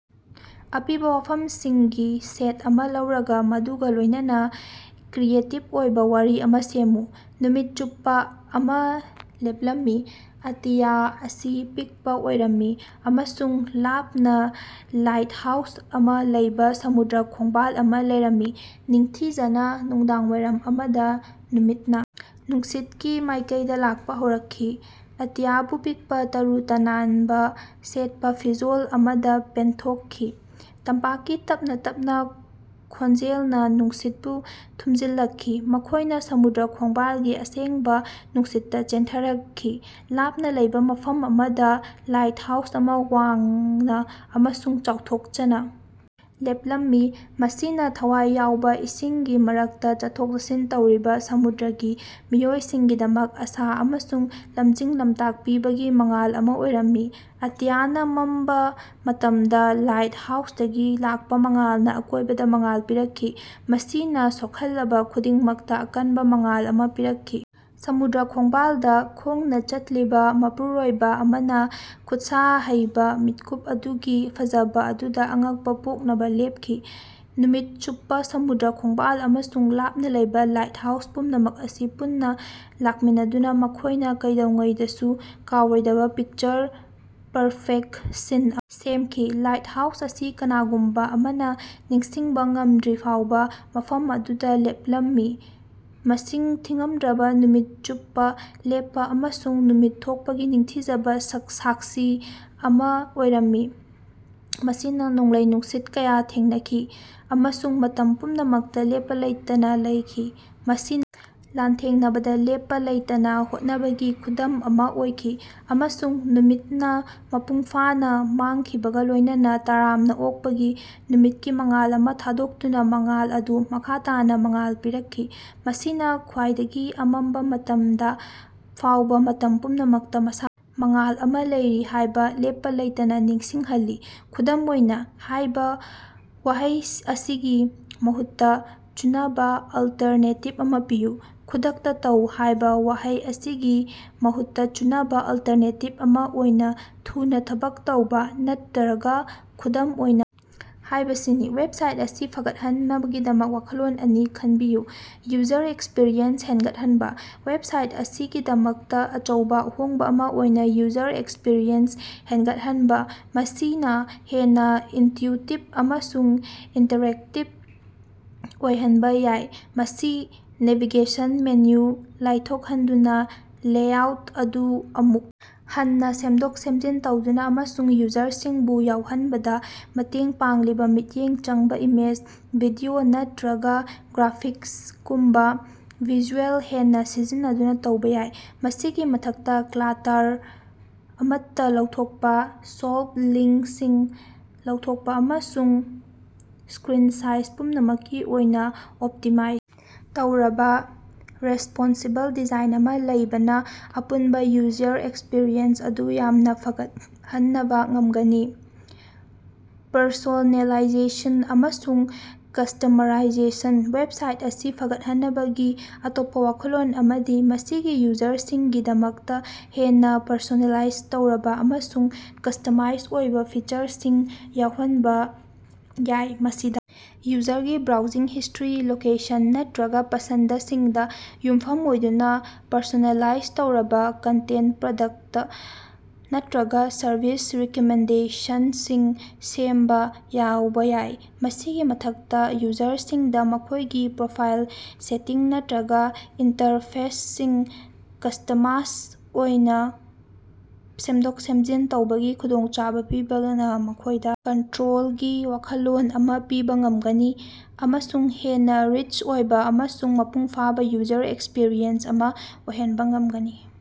ꯑꯄꯤꯕ ꯋꯥꯐꯝꯁꯤꯡꯒꯤ ꯁꯦꯠ ꯑꯃ ꯂꯧꯔꯒ ꯃꯗꯨꯒ ꯂꯣꯏꯅꯅ ꯀ꯭ꯔꯤꯌꯦꯇꯤꯚ ꯑꯣꯏꯕ ꯋꯥꯔꯤ ꯑꯃꯥ ꯁꯦꯝꯃꯨ꯫ ꯅꯨꯃꯤꯠ ꯆꯨꯞꯄ ꯑꯃ ꯂꯦꯞꯂꯝꯃꯤ, ꯑꯇꯤꯌꯥ ꯑꯁꯤ ꯄꯤꯛꯄ ꯑꯣꯏꯔꯝꯃꯤ ꯑꯃꯁꯨꯡ ꯂꯥꯞꯅ ꯂꯥꯏꯠꯍꯥꯎꯁ ꯑꯃ ꯂꯩꯕ ꯁꯃꯨꯗ꯭ꯔ ꯈꯣꯡꯕꯥꯜ ꯑꯃ ꯂꯩꯔꯝꯃꯤ꯫ ꯅꯤꯡꯊꯤꯖꯅ ꯅꯨꯃꯤꯗꯥꯡꯋꯥꯏꯔꯝ ꯑꯃꯗ, ꯅꯨꯃꯤꯠꯅ ꯅꯨꯡꯁꯤꯠꯀꯤ ꯃꯥꯏꯀꯩꯗ ꯂꯥꯛꯄ ꯍꯧꯔꯛꯈꯤ, ꯑꯇꯤꯌꯥꯕꯨ ꯄꯤꯛꯄ ꯇꯔꯨ ꯇꯅꯥꯟꯕ ꯁꯦꯠꯄ ꯐꯤꯖꯣꯜ ꯑꯃꯗ ꯄꯦꯟꯊꯣꯛꯈꯤ꯫ ꯇꯝꯄꯥꯛꯀꯤ ꯇꯞꯅ ꯇꯞꯅ ꯈꯣꯟꯖꯦꯜꯅ ꯅꯨꯡꯁꯤꯠꯄꯨ ꯊꯨꯝꯖꯤꯜꯂꯛꯈꯤ, ꯃꯈꯣꯏꯅ ꯁꯃꯨꯗ꯭ꯔ ꯈꯣꯡꯕꯥꯜꯒꯤ ꯑꯁꯦꯡꯕ ꯅꯨꯡꯁꯤꯠꯇ ꯆꯦꯟꯊꯔꯛꯈꯤ꯫ ꯂꯥꯞꯅ ꯂꯩꯕ ꯃꯐꯝ ꯑꯃꯗ ꯂꯥꯏꯠꯍꯥꯎꯁ ꯑꯃ ꯋꯥꯡꯅ ꯑꯃꯁꯨꯡ ꯆꯥꯎꯊꯣꯛꯆꯅ ꯂꯦꯞꯂꯝꯃꯤ, ꯃꯁꯤꯅ ꯊꯋꯥꯏ ꯌꯥꯎꯕ ꯏꯁꯤꯡꯒꯤ ꯃꯔꯛꯇ ꯆꯠꯊꯣꯛ-ꯆꯠꯁꯤꯟ ꯇꯧꯔꯤꯕ ꯁꯃꯨꯗ꯭ꯔꯒꯤ ꯃꯤꯑꯣꯏꯁꯤꯡꯒꯤꯗꯃꯛ ꯑꯁꯥ ꯑꯃꯁꯨꯡ ꯂꯝꯖꯤꯡ-ꯂꯝꯇꯥꯛ ꯄꯤꯕꯒꯤ ꯃꯉꯥꯜ ꯑꯃ ꯑꯣꯏꯔꯝꯃꯤ꯫ ꯑꯇꯤꯌꯥꯅ ꯃꯝꯕ ꯃꯇꯝꯗ ꯂꯥꯏꯠꯍꯥꯎꯁꯇꯒꯤ ꯂꯥꯛꯄ ꯃꯉꯥꯜꯅ ꯑꯀꯣꯏꯕꯗ ꯃꯉꯥꯜ ꯄꯤꯔꯛꯈꯤ, ꯃꯁꯤꯅ ꯁꯣꯛꯍꯜꯂꯕ ꯈꯨꯗꯤꯡꯃꯛꯇ ꯑꯀꯟꯕ ꯃꯉꯥꯜ ꯑꯃ ꯄꯤꯔꯛꯈꯤ꯫ ꯁꯃꯨꯗ꯭ꯔ ꯈꯣꯡꯕꯥꯜꯗ ꯈꯣꯡꯅ ꯆꯠꯂꯤꯕ ꯃꯄꯨꯔꯣꯏꯕ ꯑꯃꯅ ꯈꯨꯠꯁꯥ ꯍꯩꯕ, ꯃꯤꯀꯨꯞ ꯑꯗꯨꯒꯤ ꯐꯖꯕ ꯑꯗꯨꯗ ꯑꯉꯛꯄ ꯄꯣꯛꯅꯕ ꯂꯦꯞꯈꯤ꯫ ꯅꯨꯃꯤꯠ ꯆꯨꯞꯄ ꯁꯃꯨꯗ꯭ꯔ ꯈꯣꯡꯕꯥꯜ ꯑꯃꯁꯨꯡ ꯂꯥꯞꯅ ꯂꯩꯕ ꯂꯥꯏꯠꯍꯥꯎꯁ, ꯄꯨꯝꯅꯃꯛ ꯑꯁꯤ ꯄꯨꯟꯅ ꯂꯥꯛꯃꯤꯟꯅꯗꯨꯅ ꯃꯈꯣꯏꯅ ꯀꯩꯗꯧꯉꯩꯗꯁꯨ ꯀꯥꯎꯔꯣꯏꯗꯕ ꯄꯤꯛꯆꯔ-ꯄꯔꯐꯦꯛꯇ ꯁꯤꯟ ꯑꯃ ꯁꯦꯝꯈꯤ꯫ ꯂꯥꯏꯠꯍꯥꯎꯁ ꯑꯁꯤ ꯀꯅꯥꯒꯨꯝꯕ ꯑꯃꯅ ꯅꯤꯡꯁꯤꯡꯕꯥ ꯉꯝꯗ꯭ꯔꯤꯐꯥꯎꯕ ꯃꯐꯝ ꯑꯗꯨꯗ ꯂꯦꯞꯂꯝꯃꯤ, ꯃꯁꯤꯡ ꯊꯤꯉꯝꯗ꯭ꯔꯕ ꯅꯨꯃꯤꯠ ꯆꯨꯞꯄ ꯂꯦꯞꯄ ꯑꯃꯁꯨꯡ ꯅꯨꯃꯤꯠ ꯊꯣꯛꯄꯒꯤ ꯅꯤꯡꯊꯤꯖꯕ ꯁꯥꯛꯁꯤ ꯑꯃ ꯑꯣꯏꯔꯝꯃꯤ꯫ ꯃꯁꯤꯅ ꯅꯣꯡꯂꯩ-ꯅꯨꯡꯁꯤꯠ ꯀꯌꯥ ꯊꯦꯡꯅꯈꯤ ꯑꯃꯁꯨꯡ ꯃꯇꯝ ꯄꯨꯝꯅꯃꯛꯇ ꯂꯦꯞꯄ ꯂꯩꯇꯅ ꯂꯩꯈꯤ, ꯃꯁꯤ ꯂꯥꯟꯊꯦꯡꯅꯕꯗ ꯂꯦꯞꯄ ꯂꯩꯇꯅ ꯍꯣꯠꯅꯕꯒꯤ ꯈꯨꯗꯝ ꯑꯃ ꯑꯣꯏꯈꯤ꯫ ꯑꯃꯁꯨꯡ ꯅꯨꯃꯤꯠꯅ ꯃꯄꯨꯡ ꯐꯥꯅ ꯃꯥꯡꯈꯤꯕꯒ ꯂꯣꯏꯅꯅ, ꯇꯔꯥꯝꯅ ꯑꯣꯛꯄꯒꯤ ꯅꯨꯃꯤꯠꯀꯤ ꯃꯉꯥꯜ ꯑꯃ ꯊꯥꯗꯣꯛꯇꯨꯅ, ꯃꯉꯥꯜ ꯑꯗꯨ ꯃꯈꯥ ꯇꯥꯅ ꯃꯉꯥꯜ ꯄꯤꯔꯛꯈꯤ, ꯃꯁꯤꯅ ꯈ꯭ꯋꯥꯏꯗꯒꯤ ꯑꯃꯝꯕ ꯃꯇꯝꯗ ꯐꯥꯎꯕ ꯃꯇꯝ ꯄꯨꯝꯅꯃꯛꯇ ꯑꯁꯥ ꯃꯉꯥꯜ ꯑꯃ ꯂꯩꯔꯤ ꯍꯥꯏꯕ ꯂꯦꯞꯄ ꯂꯩꯇꯅ ꯅꯤꯡꯁꯤꯡꯍꯜꯂꯤ꯫ "ꯈꯨꯗꯝ ꯑꯣꯏꯅ" ꯍꯥꯏꯕ ꯋꯥꯍꯩ ꯑꯁꯤꯒꯤ ꯃꯍꯨꯠꯇ ꯆꯨꯅꯕ ꯑꯜꯇꯔꯅꯦꯇꯤꯚ ꯑꯃ ꯄꯤꯌꯨ꯫ "ꯈꯨꯗꯛꯇ ꯇꯧ" ꯍꯥꯏꯕ ꯋꯥꯍꯩ ꯑꯁꯤꯒꯤ ꯃꯍꯨꯠꯇ ꯆꯨꯅꯕ ꯑꯜꯇꯔꯅꯦꯇꯤꯚ ꯑꯃ ꯑꯣꯏꯅ "ꯊꯨꯅ ꯊꯕꯛ ꯇꯧꯕ" ꯅꯠꯇ꯭ꯔꯒ "ꯈꯨꯗꯝ ꯑꯣꯏꯅ" ꯍꯥꯏꯕꯁꯤꯅꯤ꯫ ꯋꯦꯕꯁꯥꯏꯠ ꯑꯁꯤ ꯐꯒꯠꯍꯟꯅꯕꯒꯤꯗꯃꯛ ꯋꯥꯈꯜꯂꯣꯟ ꯑꯅꯤ ꯈꯟꯕꯤꯌꯨ꯫ ꯌꯨꯖꯔ ꯑꯦꯛꯁꯄꯤꯔꯤꯑꯦꯟꯁ ꯍꯦꯟꯒꯠꯍꯟꯕ: ꯋꯦꯕꯁꯥꯏꯠ ꯑꯁꯤꯒꯤꯗꯃꯛꯇ ꯑꯆꯧꯕ ꯑꯍꯣꯡꯕ ꯑꯃ ꯑꯣꯏꯅ ꯌꯨꯖꯔ ꯑꯦꯛꯁꯄꯤꯔꯤꯑꯦꯟꯁ ꯍꯦꯟꯒꯠꯍꯟꯕ ꯃꯁꯤꯅ ꯍꯦꯟꯅ ꯏꯅꯇ꯭ꯌꯨꯇꯤꯚ ꯑꯃꯁꯨꯡ ꯏꯟꯇꯔꯦꯛꯇꯤꯚ ꯑꯣꯏꯍꯟꯕ ꯌꯥꯏ꯫ ꯃꯁꯤ ꯅꯦꯚꯤꯒꯦꯁꯟ ꯃꯦꯅꯨ ꯂꯥꯏꯊꯣꯛꯍꯟꯗꯨꯅ, ꯂꯦꯑꯥꯎꯠ ꯑꯗꯨ ꯑꯃꯨꯛ ꯍꯟꯅ ꯁꯦꯝꯗꯣꯛ-ꯁꯦꯞꯖꯤꯟ ꯇꯧꯗꯨꯅ ꯑꯃꯁꯨꯡ ꯌꯨꯖꯔꯁꯤꯡꯕꯨ ꯌꯥꯎꯍꯟꯕꯗ ꯃꯇꯦꯡ ꯄꯥꯡꯂꯤꯕ ꯃꯤꯠꯌꯦꯡ ꯆꯪꯕ ꯏꯃꯦꯖ, ꯚꯤꯗꯤꯑꯣ ꯅꯠꯇ꯭ꯔꯒ ꯒ꯭ꯔꯥꯐꯤꯛꯁꯒꯨꯝꯕ ꯚꯤꯖꯨꯑꯦꯜꯁꯤꯡ ꯍꯦꯟꯅ ꯁꯤꯖꯤꯟꯅꯗꯨꯅ ꯇꯧꯕ ꯌꯥꯏ꯫ ꯃꯁꯤꯒꯤ ꯃꯊꯛꯇ ꯀ꯭ꯂꯥꯇꯔ ꯑꯃꯠꯇ ꯂꯧꯊꯣꯛꯄ, ꯁꯣꯜꯄ ꯂꯤꯡꯀꯁꯤꯡ ꯂꯧꯊꯣꯛꯄ ꯑꯃꯁꯨꯡ ꯁ꯭ꯀꯔꯤꯟ ꯁꯥꯏꯖ ꯄꯨꯝꯅꯃꯛꯀꯤ ꯑꯣꯏꯅ ꯑꯣꯞꯇꯤꯃꯥꯏꯖ ꯇꯧꯔꯕ ꯔꯦꯁꯄꯣꯟꯁꯤꯕꯜ ꯗꯤꯖꯥꯏꯟ ꯑꯃ ꯂꯩꯕꯅ ꯑꯄꯨꯟꯕ ꯌꯨꯖꯔ ꯑꯦꯛꯁꯄꯤꯔꯤꯑꯦꯟꯁ ꯑꯗꯨ ꯌꯥꯝꯅ ꯐꯒꯠꯍꯅꯟꯕ ꯉꯝꯒꯅꯤ꯫ ꯄꯔꯁꯣꯅꯦꯂꯥꯏꯖꯦꯁꯟ ꯑꯃꯁꯨꯡ ꯀꯁꯇꯃꯔꯥꯏꯖꯦꯁꯟ: ꯋꯦꯕꯁꯥꯏꯠ ꯑꯁꯤ ꯐꯒꯠꯍꯟꯅꯕꯒꯤ ꯑꯇꯣꯞꯄ ꯋꯥꯈꯜꯂꯣꯟ ꯑꯃꯗꯤ ꯃꯁꯤꯒꯤ ꯌꯨꯖꯔꯁꯤꯡꯒꯤꯗꯃꯛꯇ ꯍꯦꯟꯅ ꯄꯔꯁꯣꯅꯦꯂꯥꯏꯖ ꯇꯧꯔꯕ ꯑꯃꯁꯨꯡ ꯀꯁꯇꯃꯥꯁ ꯑꯣꯏꯕ ꯐꯤꯆꯔꯁꯤꯡ ꯌꯥꯎꯍꯟꯕ ꯌꯥꯏ꯫ ꯃꯁꯤꯗ ꯌꯨꯖꯔꯒꯤ ꯕ꯭ꯔꯥꯎꯖꯤꯡ ꯍꯤꯁꯇ꯭ꯔꯤ, ꯂꯣꯀꯦꯁꯟ ꯅꯠꯇ꯭ꯔꯒ ꯄꯁꯟꯗꯁꯤꯡꯗ ꯌꯨꯝꯐꯝ ꯑꯣꯏꯗꯨꯅ ꯄꯔꯁꯣꯅꯦꯂꯥꯏꯖ ꯇꯧꯔꯕ ꯀꯟꯇꯦꯟꯇ, ꯄ꯭ꯔꯗꯛꯇ ꯅꯠꯇ꯭ꯔꯒ ꯁꯔꯚꯤꯁ ꯔꯤꯀꯃꯦꯟꯗꯦꯁꯟꯁꯤꯡ ꯁꯦꯝꯕ ꯌꯥꯎꯕ ꯌꯥꯏ꯫ ꯃꯁꯤꯒꯤ ꯃꯊꯛꯇ, ꯌꯨꯖꯔꯁꯤꯡꯗ ꯃꯈꯣꯏꯒꯤ ꯄ꯭ꯔꯣꯐꯥꯏꯜ ꯁꯦꯇꯤꯡ ꯅꯠꯇ꯭ꯔꯒ ꯏꯟꯇꯔꯐꯦꯁꯁꯤꯡ ꯀꯁꯇꯃꯥꯁ ꯑꯣꯏꯅ ꯁꯦꯝꯗꯣꯛ-ꯁꯦꯝꯖꯤꯟ ꯇꯧꯕꯒꯤ ꯈꯨꯗꯣꯡꯆꯥꯕ ꯄꯤꯕꯅ ꯃꯈꯣꯏꯗ ꯀꯟꯇ꯭ꯔꯣꯜꯒꯤ ꯋꯥꯈꯜꯂꯣꯟ ꯑꯃ ꯄꯤꯕ ꯉꯝꯒꯅꯤ ꯑꯃꯁꯨꯡ ꯍꯦꯟꯅ ꯔꯤꯆ ꯑꯣꯏꯕ ꯑꯃꯁꯨꯡ ꯃꯄꯨꯡ ꯐꯥꯕ ꯌꯨꯖꯔ ꯑꯦꯛꯁꯄꯤꯔꯤꯑꯦꯟꯁ ꯑꯃ ꯑꯣꯏꯍꯟꯕ ꯉꯝꯒꯅꯤ꯫